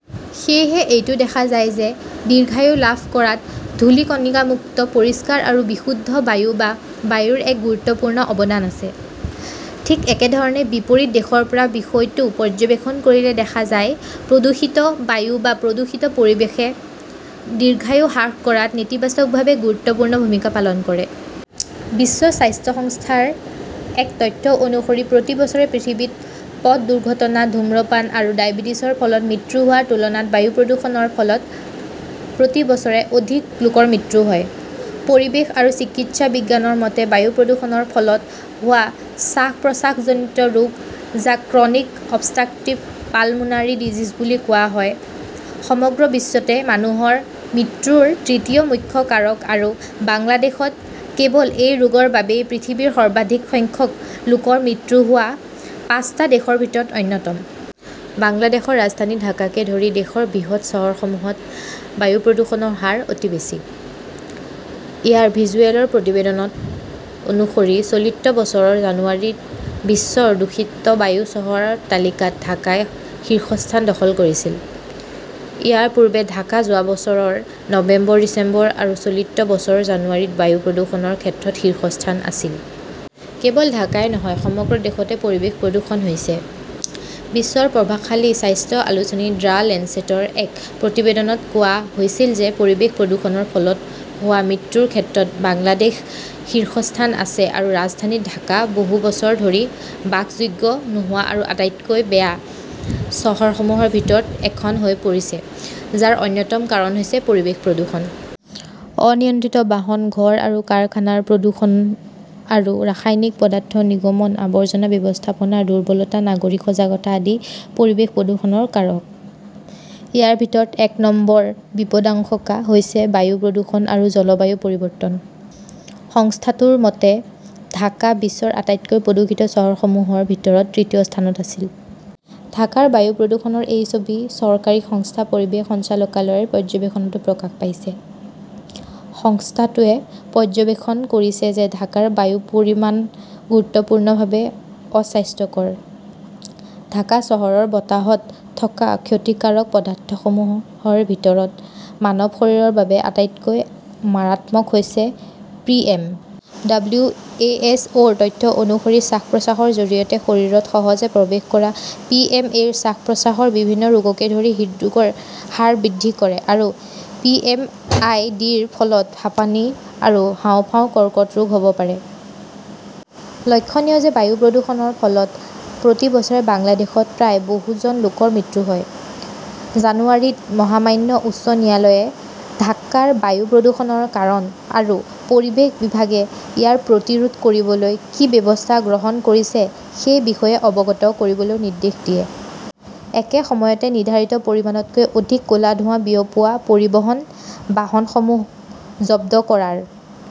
সেয়েহে, এইটো দেখা যায় যে দীৰ্ঘায়ু লাভ কৰাত ধূলি কণিকামুক্ত পৰিষ্কাৰ আৰু বিশুদ্ধ বায়ু বা বায়ুৰ এক গুৰুত্বপূৰ্ণ অৱদান আছে। ঠিক একেধৰণে, বিপৰীত দিশৰ পৰা বিষয়টো পৰ্যবেক্ষণ কৰিলে দেখা যায়, প্ৰদূষিত বায়ু বা প্ৰদূষিত পৰিৱেশে দীৰ্ঘায়ু হ্ৰাস কৰাত নেতিবাচকভাৱে গুৰুত্বপূৰ্ণ ভূমিকা পালন কৰে। বিশ্ব স্বাস্থ্য সংস্থাৰ এক তথ্য অনুসৰি, প্ৰতি বছৰে পৃথিৱীত পথ দুৰ্ঘটনা, ধূমপান আৰু ডায়েবেটিছৰ ফলত মৃত্যু হোৱাৰ তুলনাত বায়ু প্ৰদূষণৰ ফলত প্ৰতি বছৰে অধিক লোকৰ মৃত্যু হয়। পৰিৱেশ আৰু চিকিৎসা বিজ্ঞানৰ মতে, বায়ু প্ৰদূষণৰ ফলত হোৱা শ্বাস-প্ৰশ্বাসজনিত ৰোগ, যাক ক্ৰনিক অবষ্ট্ৰাকটিভ পালমোনৰী ডিজিজ বুলি কোৱা হয়, সমগ্ৰ বিশ্বতে মানুহৰ মৃত্যুৰ তৃতীয় মুখ্য কাৰক আৰু বাংলাদেশত কেৱল এই ৰোগৰ বাবেই পৃথিৱীত সৰ্বাধিক সংখ্যক লোকৰ মৃত্যু হোৱা পাঁচটা দেশৰ ভিতৰত অন্যতম। বাংলাদেশৰ ৰাজধানী ঢাকাকে ধৰি দেশৰ বৃহৎ চহৰসমূহত বায়ু প্ৰদূষণৰ হাৰ অতি বেছি। এয়াৰ ভিজুৱেলৰ প্ৰতিবেদন অনুসৰি, চলিত বছৰৰ জানুৱাৰীত বিশ্বৰ দূষিত বায়ু চহৰৰ তালিকাত ঢাকাই শীৰ্ষস্থান দখল কৰিছিল। ইয়াৰ পূৰ্বে ঢাকা যোৱা বছৰৰ নৱেম্বৰ, ডিচেম্বৰ আৰু চলিত বছৰৰ জানুৱাৰীত বায়ু প্ৰদূষণৰ ক্ষেত্ৰত শীৰ্ষ স্থানত আছিল। কেৱল ঢাকাই নহয়, সমগ্ৰ দেশতে পৰিৱেশ প্ৰদূষণ হৈছে। বিশ্বৰ প্ৰভাৱশালী স্বাস্থ্য আলোচনী দ্য লেঞ্চেটৰ এক প্ৰতিবেদনত কোৱা হৈছিল যে পৰিৱেশ প্ৰদূষণৰ ফলত হোৱা মৃত্যুৰ ক্ষেত্ৰত বাংলাদেশ শীৰ্ষস্থানত আছে আৰু ৰাজধানী ঢাকা বহু বছৰ ধৰি বাসযোগ্য নোহোৱা আৰু আটাইতকৈ বেয়া চহৰসমূহৰ ভিতৰত এখন হৈ পৰিছে, যাৰ অন্যতম কাৰণ হৈছে পৰিৱেশৰ প্ৰদূষণ। অনিয়ন্ত্ৰিত বাহন, ঘৰ আৰু কাৰখানাৰ প্ৰদূষণ আৰু ৰাসায়নিক পদাৰ্থ নিৰ্গমন, আৱৰ্জনা ব্যৱস্থাপনাৰ দুৰ্বলতা, নাগৰিক সজাগতা আদি পৰিৱেশ প্ৰদূষণৰ কাৰক। ইয়াৰ ভিতৰত এক নম্বৰ বিপদাশংকা হৈছে বায়ু প্ৰদূষণ আৰু জলবায়ু পৰিৱৰ্তন। সংস্থাটোৰ মতে ঢাকা বিশ্বৰ আটাইতকৈ প্ৰদূষিত চহৰসমূহৰ ভিতৰত তৃতীয় স্থানত আছিল। ঢাকাৰ বায়ু প্ৰদূষণৰ এই ছবি চৰকাৰী সংস্থা পৰিৱেশ সঞ্চালকালয়ৰ পৰ্যবেক্ষণতো প্ৰকাশ পাইছে। সংস্থাটোৱে পৰ্যবেক্ষণ কৰিছে যে ঢাকাৰ বায়ুৰ পৰিমাণ গুৰুতৰভাৱে অস্বাস্থ্যকৰ। ঢাকা চহৰৰ বতাহত থকা ক্ষতিকাৰক পদাৰ্থসমূহৰ ভিতৰত মানৱ শৰীৰৰ বাবে আটাইতকৈ মাৰাত্মক হৈছে পিএম । ডব্লিউ. এইচ. অ ' ৰ তথ্য অনুসৰি, শ্বাস-প্ৰশ্বাসৰ জৰিয়তে শৰীৰত সহজে প্ৰৱেশ কৰা পিএম - এ শ্বাস-প্ৰশ্বাসৰ বিভিন্ন ৰোগকে ধৰি হৃদৰোগৰ হাৰ বৃদ্ধি কৰে আৰু পিএম আই. ডি.ৰ ফলত হাঁপানি আৰু হাঁওফাঁওৰ কৰ্কট ৰোগ হ' ব পাৰে। লক্ষণীয় যে বায়ু প্ৰদূষণৰ ফলত প্ৰতি বছৰে বাংলাদেশত প্ৰায় বহু জন লোকৰ মৃত্যু হয়। জানুৱাৰীত মহামান্য উচ্চ ন্যায়ালয়ে ঢাকাৰ বায়ু প্ৰদূষণৰ কাৰণ আৰু পৰিৱেশ বিভাগে ইয়াক প্ৰতিৰোধ কৰিবলৈ কি ব্যৱস্থা গ্ৰহণ কৰিছে সেই বিষয়ে অৱগত কৰিবলৈ নিৰ্দেশ দিয়ে। একে সময়তে, নিৰ্ধাৰিত পৰিমাণতকৈ অধিক ক'লা ধোঁৱা বিয়পোৱা পৰিবহণ বাহনসমূহ জব্দ কৰাৰ